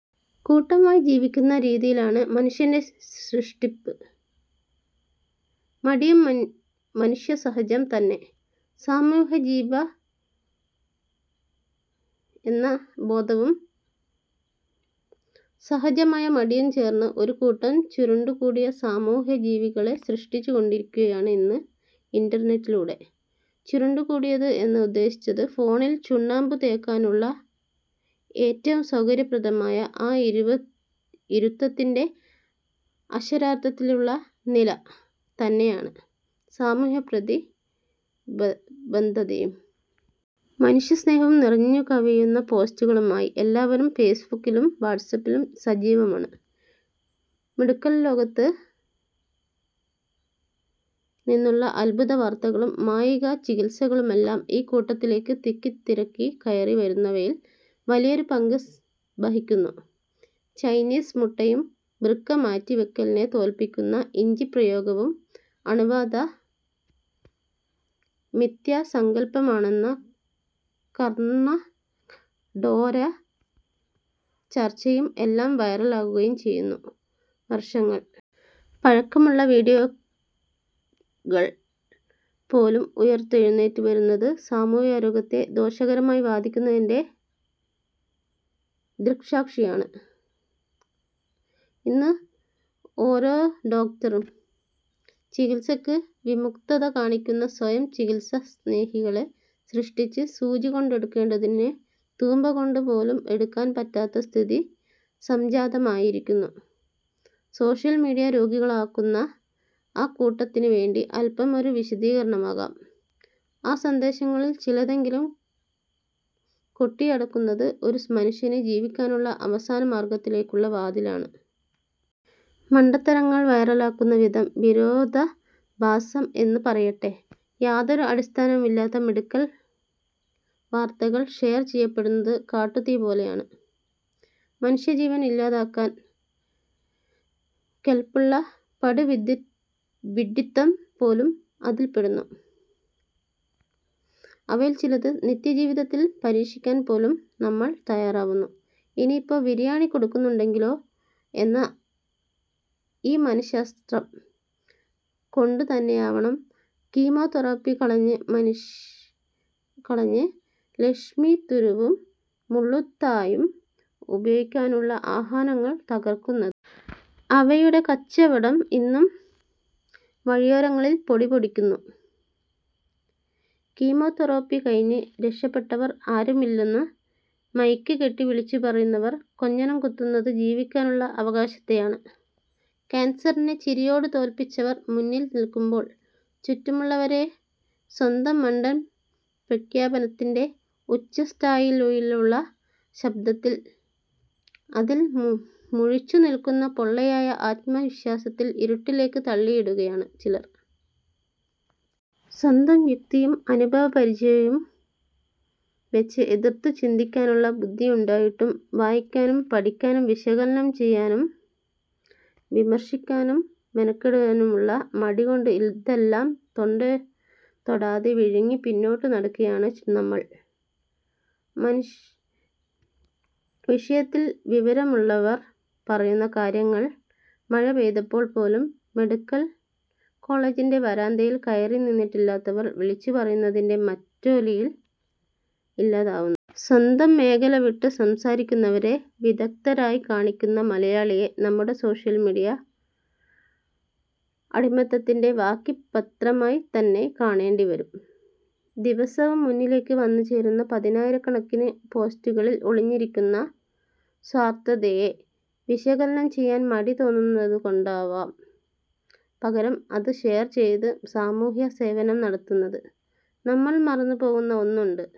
കൂട്ടമായി ജീവിക്കുന്ന രീതിയിലാണ് മനുഷ്യന്റെ സൃഷ്ടിപ്പ്. മടിയും മനുഷ്യസഹജം തന്നെ. സാമൂഹ്യജീവി എന്ന ബോധവും സഹജമായ മടിയും ചേർന്ന് ഒരു കൂട്ടം ചുരുണ്ടുകൂടിയ സാമൂഹ്യജീവികളെ സൃഷ്ടിച്ചുകൊണ്ടിരിക്കുകയാണ് ഇന്ന് ഇന്റർനെറ്റിലൂടെ. ചുരുണ്ടുകൂടിയത് എന്ന് ഉദ്ദേശിച്ചത് ഫോണിൽ ചുണ്ണാമ്പ് തേക്കാനുള്ള ഏറ്റവും സൗകര്യപ്രദമായ ആ ഇരുത്തത്തിന്റെ അക്ഷരാർത്ഥത്തിലുള്ള നില തന്നെയാണ്. സാമൂഹ്യപ്രതിബദ്ധതയും മനുഷ്യസ്നേഹവും നിറഞ്ഞുകവിയുന്ന പോസ്റ്റുകളുമായി എല്ലാവരും ഫേസ്ബുക്കിലും വാട്ട്സാപ്പിലും സജീവമാണ്. മെഡിക്കൽ ലോകത്ത് നിന്നുള്ള അദ്ഭുതവാർത്തകളും മായിക ചികിത്സകളുമെല്ലാം ഈ കൂട്ടത്തിലേക്ക് തിക്കിത്തിരക്കി കയറിവരുന്നവയിൽ വലിയൊരു പങ്ക് വഹിക്കുന്നു. ചൈനീസ് മുട്ടയും വൃക്ക മാറ്റിവെക്കലിനെ തോൽപ്പിക്കുന്ന ഇഞ്ചിപ്രയോഗവും അണുബാധ മിഥ്യാസങ്കൽപ്പമാണെന്ന കർണകഠോര ചർച്ചയും എല്ലാം വൈറലാകുകയും ചെയ്യുന്നു. വർഷങ്ങൾ പഴക്കമുള്ള വീഡിയോകൾ പോലും ഉയിർത്തെഴുന്നേറ്റ് വരുന്നത് സാമൂഹികാരോഗ്യത്തെ ദോഷകരമായി ബാധിക്കുന്നതിന്റെ ദൃക്സാക്ഷിയാണ് ഇന്ന് ഓരോ ഡോക്ടറും. ചികിത്സയ്ക്ക് വിമുഖത കാണിക്കുന്ന സ്വയം ചികിത്സാസ്നേഹികളെ സൃഷ്ടിച്ച് സൂചികൊണ്ടെടുക്കേണ്ടതിനെ തൂമ്പകൊണ്ട് പോലും എടുക്കാൻ പറ്റാത്ത സ്ഥിതി സംജാതമായിരിക്കുന്നു. സോഷ്യൽ മീഡിയ രോഗികളാക്കുന്ന ആ കൂട്ടത്തിന് വേണ്ടി അൽപമൊരു വിശദീകരണമാവാം. ആ സന്ദേശങ്ങളിൽ ചിലതെങ്കിലും കൊട്ടിയടക്കുന്നത് ഒരു മനുഷ്യന് ജീവിക്കാനുള്ള അവസാനമാർഗത്തിലേക്കുള്ള വാതിലാണ്. മണ്ടത്തരങ്ങൾ വൈറലാക്കുന്ന വിധം വിരോധാഭാസം എന്ന് പറയട്ടെ. യാതൊരു അടിസ്ഥാനവുമില്ലാത്ത മെഡിക്കൽ വാർത്തകൾ ഷെയർ ചെയ്യപ്പെടുന്നത് കാട്ടുതീ പോലെയാണ്. മനുഷ്യജീവൻ ഇല്ലാതാക്കാൻ കെൽപ്പുള്ള പടുവിഡ്ഢിത്തം പോലും അതിൽപ്പെടുന്നു. അവയിൽ ചിലത് നിത്യജീവിതത്തിൽ പരീക്ഷിക്കാൻ പോലും നമ്മൾ തയ്യാറാവുന്നു. ഇനിയിപ്പോ ബിരിയാണി കൊടുക്കുന്നുണ്ടെങ്കിലോ എന്ന ഈ മനശാസ്ത്രം കൊണ്ടുതന്നെയാവണം കീമോതെറാപ്പി കളഞ്ഞ് ലക്ഷ്മിതരുവും മുള്ളാത്തയും ഉപയോഗിക്കാനുള്ള ആഹ്വാനങ്ങൾ തകർക്കുന്നത്. അവയുടെ കച്ചവടം ഇന്നും വഴിയോരങ്ങളിൽ പൊടിപൊടിക്കുന്നു. കീമോതെറാപ്പി കഴിഞ്ഞ് രക്ഷപ്പെട്ടവർ ആരുമില്ലെന്ന് മൈക്ക് കെട്ടി വിളിച്ചുപറയുന്നവർ കൊഞ്ഞനം കുത്തുന്നത് ജീവിക്കാനുള്ള അവകാശത്തെയാണ്. കാൻസറിനെ ചിരിയോടെ തോൽപ്പിച്ചവർ മുന്നിൽ നിൽക്കുമ്പോൾ ചുറ്റുമുള്ളവരെ സ്വന്തം മണ്ടൻ പ്രഖ്യാപനത്തിന്റെ ഉച്ചസ്ഥായിയിലുള്ള ശബ്ദത്തിൽ അതിൽ മുഴച്ചുനിൽക്കുന്ന പൊള്ളയായ ആത്മവിശ്വാസത്തിൽ ഇരുട്ടിലേക്ക് തള്ളിയിടുകയാണ് ചിലർ. സ്വന്തം യുക്തിയും അനുഭവപരിചയവും വെച്ച് എതിർത്തുചിന്തിക്കാനുള്ള ബുദ്ധിയുണ്ടായിട്ടും വായിക്കാനും പഠിക്കാനും വിശകലനം ചെയ്യാനും വിമർശിക്കാനും മെനക്കെടാനുമുള്ള മടി കൊണ്ട് ഇതെല്ലാം തൊണ്ടതൊടാതെ വിഴുങ്ങി പിന്നോട്ട് നടക്കുകയാണ് നമ്മൾ. വിഷയത്തിൽ വിവരമുള്ളവർ പറയുന്ന കാര്യങ്ങൾ മഴ പെയ്തപ്പോൾ പോലും മെഡിക്കൽ കോളേജിന്റെ വരാന്തയിൽ കയറിനിന്നിട്ടില്ലാത്തവർ വിളിച്ചുപറയുന്നതിന്റെ മാറ്റൊലിയിൽ ഇല്ലാതാവുന്നു. സ്വന്തം മേഖല വിട്ട് സംസാരിക്കുന്നവരെ വിദഗ്ധരായി കാണുന്ന മലയാളിയെ നമ്മുടെ സോഷ്യൽ മീഡിയ അടിമത്തത്തിന്റെ ബാക്കിപത്രമായി തന്നെ കാണേണ്ടിവരും. ദിവസവും മുന്നിലേക്ക് വന്നുചേരുന്ന പതിനായിരക്കണക്കിന് പോസ്റ്റുകളിൽ ഒളിഞ്ഞിരിക്കുന്ന സ്വാർഥതയെ വിശകലനം ചെയ്യാൻ മടി തോന്നുന്നതുകൊണ്ടാകാം പകരം അത് ഷെയർ ചെയ്ത് സാമൂഹികസേവനം നടത്തുന്നത്. നമ്മൾ മറന്നുപോകുന്ന ഒന്നുണ്ട്.